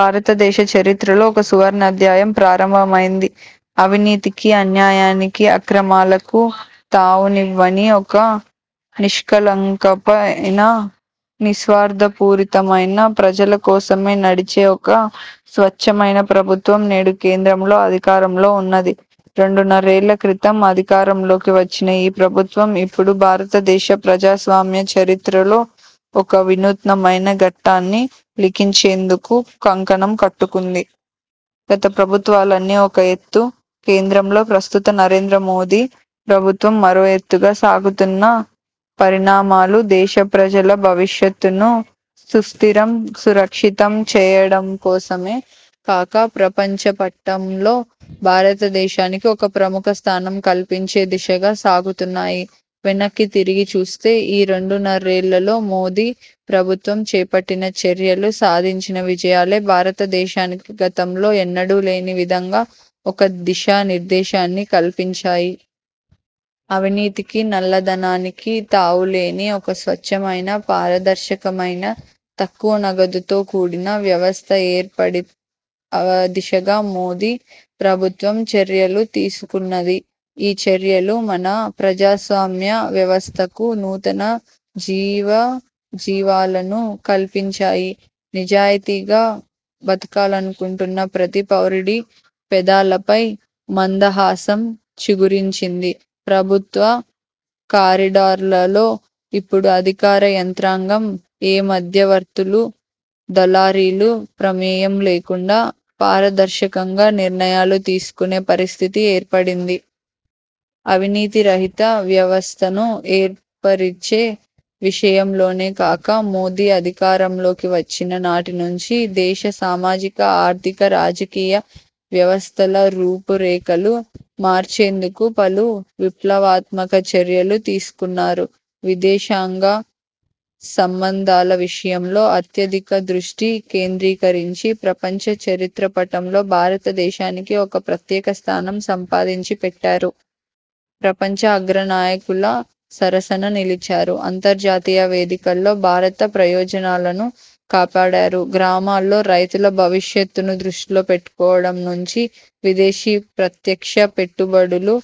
భారతదేశ చరిత్రలో ఒక సువర్ణాధ్యాయం ప్రారంభమైంది. అవినీతికీ, అన్యాయానికీ, అక్రమాలకూ తావునివ్వని ఒక నిష్కళంకపైన, నిస్వార్థపూరితమైన, ప్రజల కోసమే నడిచే ఒక స్వచ్ఛమైన ప్రభుత్వం నేడు కేంద్రంలో అధికారంలో ఉన్నది. రెండున్నరేళ్ల క్రితం అధికారంలోకి వచ్చిన ఈ ప్రభుత్వం ఇప్పుడు భారతదేశ ప్రజాస్వామ్య చరిత్రలో ఒక వినూత్నమైన ఘట్టాన్ని లిఖించేందుకు కంకణం కట్టుకుంది. గత ప్రభుత్వాలన్నీ ఒక ఎత్తూ, కేంద్రంలో ప్రస్తుత నరేంద్ర మోదీ ప్రభుత్వం మరో ఎత్తుగా సాగుతున్న పరిణామాలు దేశ ప్రజల భవిష్యత్తును సుస్థిరం, సురక్షితం చేయడంకోసమే కాక ప్రపంచ పట్టంలో భారతదేశానికి ఒక ప్రముఖ స్థానం కల్పించే దిశగా సాగుతున్నాయి. వెనక్కి తిరిగి చూస్తే ఈ రెండున్నరేళ్లలో మోదీ ప్రభుత్వం చేపట్టిన చర్యలు, సాధించిన విజయాలే భారత దేశానికి గతంలో ఎన్నడూ లేని విధంగా ఒక దిశా నిర్దేశాన్ని కల్పించాయి. అవినీతికి, నల్లధనానికి తావులేని ఒక స్వచ్ఛమైన, పారదర్శకమైన తక్కువ నగదుతో కూడిన వ్యవస్థ ఏర్పడే దిశగా మోదీ ప్రభుత్వం చర్యలు తీసుకున్నది. ఈ చర్యలు మన ప్రజాస్వామ్య వ్యవస్థకు నూతన జీవజీవాలను కల్పించాయి. నిజాయితీగా బతకాలనుకుంటున్న ప్రతి పౌరుడి పెదాలపై మందహాసం చిగురించింది. ప్రభుత్వ కారిడార్లలో ఇప్పుడు అధికార యంత్రాంగం ఏ మధ్యవర్తులు, దళారీల ప్రమేయం లేకుండా పారదర్శకంగా నిర్ణయాలు తీసుకునే పరిస్థితి ఏర్పడింది. అవినీతి రహిత వ్యవస్థను ఏర్పరిచే విషయంలోనే కాక మోదీ అధికారంలోకి వచ్చిన నాటినుంచీ దేశ సామాజిక, ఆర్థిక, రాజకీయ వ్యవస్థల రూపురేఖలు మార్చేందుకు పలు విప్లవాత్మక చర్యలు తీసుకున్నారు. విదేశాంగ సంబంధాల విషయంలో అత్యధిక దృష్టి కేంద్రీకరించి ప్రపంచ చిత్రపటంలో భారతదేశానికి ఒక ప్రత్యేక స్థానం సంపాదించి పెట్టారు. ప్రపంచ అగ్రనాయకుల సరసన నిలిచారు. అంతర్జాతీయ వేదికల్లో భారత ప్రయోజనాలను కాపాడారు. గ్రామాల్లో రైతుల భవిష్యత్తును దృష్టిలో పెట్టుకోవడం నుంచి విదేశీ ప్రత్యక్ష పెట్టుబడులు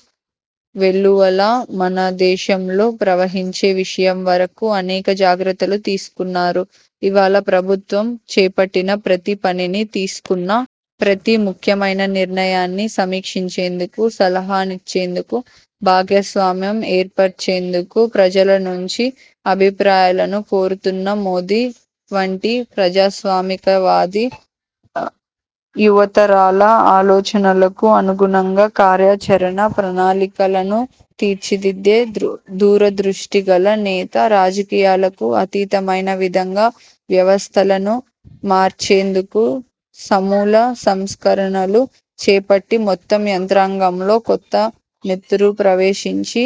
వెల్లువలా మన దేశంలో ప్రవహించే విషయం వరకు అనేక జాగ్రత్తలు తీసుకున్నారు. ఇవాళ ప్రభుత్వం చేపట్టిన ప్రతి పనినీ, తీసుకున్న ప్రతి ముఖ్యమైన నిర్ణయాన్నీ సమీక్షించేందుకు, సలహాలనిచ్చేందుకు, భాగస్వామ్యం ఏర్పర్చేందుకు ప్రజలనుంచి అభిప్రాయాలను కోరుతున్న మోదీ వంటి ప్రజాస్వామికవాది యువతరాల ఆలోచనలకు అనుగుణంగా కార్యాచరణ ప్రణాళికలను తీర్చిదిద్దే దూరదృష్టిగల నేత రాజకీయాలకు అతీతమైన విధంగా వ్యవస్థలను మార్చేందుకు సమూల సంస్కరణలు చేపట్టి, మొత్తం యంత్రాంగంలో కొత్త నెత్తురు ప్రవేశించి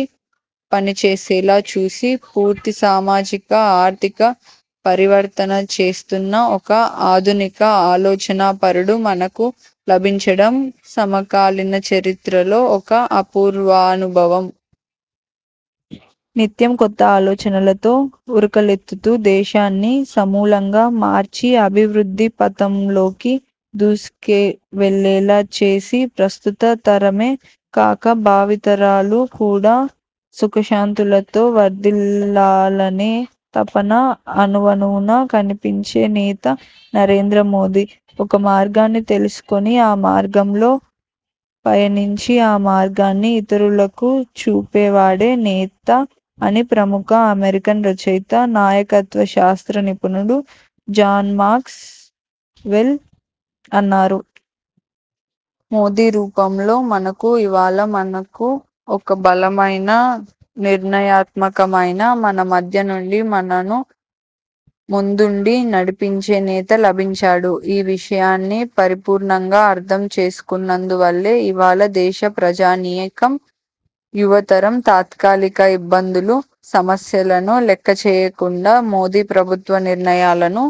పనిచేసేలా చూసి, పూర్తి సామాజిక, ఆర్థిక పరివర్తన చేస్తున్న ఒక ఆధునిక ఆలోచనాపరుడు మనకు లభించడం సమకాలీన చరిత్రలో ఒక అపూర్వానుభవం. నిత్యం కొత్త ఆలోచనలతో ఉరకలెత్తుతూ దేశాన్ని సమూలంగా మార్చి అభివృద్ధి పథంలోకి దూసుకువెళ్లేలా చేసి, ప్రస్తుత తరమే కాక భావితరాలు కూడా సుఖశాంతులతో వర్ధిల్లాలనే తపన అణువణువునా కనిపించే నేత నరేంద్ర మోదీ. ఒక మార్గాన్ని తెలుసుకుని, ఆ మార్గంలో పయనించి, ఆ మార్గాన్ని ఇతరులకు చూపే వాడే నేత అని ప్రముఖ అమెరికన్ రచయిత, నాయకత్వ శాస్త్ర నిపుణుడు జాన్ మాక్స్ వెల్ అన్నారు. మోదీ రూపంలో మనకు ఇవాళ మనకు ఒక బలమైన, నిర్ణయాత్మకమైన, మన మధ్యనుండి మనను ముందుండి నడిపించే నేత లభించాడు. ఈ విషయాన్ని పరిపూర్ణంగా అర్థం చేసుకున్నందువల్లే ఇవాళ దేశ ప్రజానీకం, యువతరం తాత్కాలిక ఇబ్బందులు, సమస్యలను లెక్కచేయకుండా మోదీ ప్రభుత్వ నిర్ణయాలను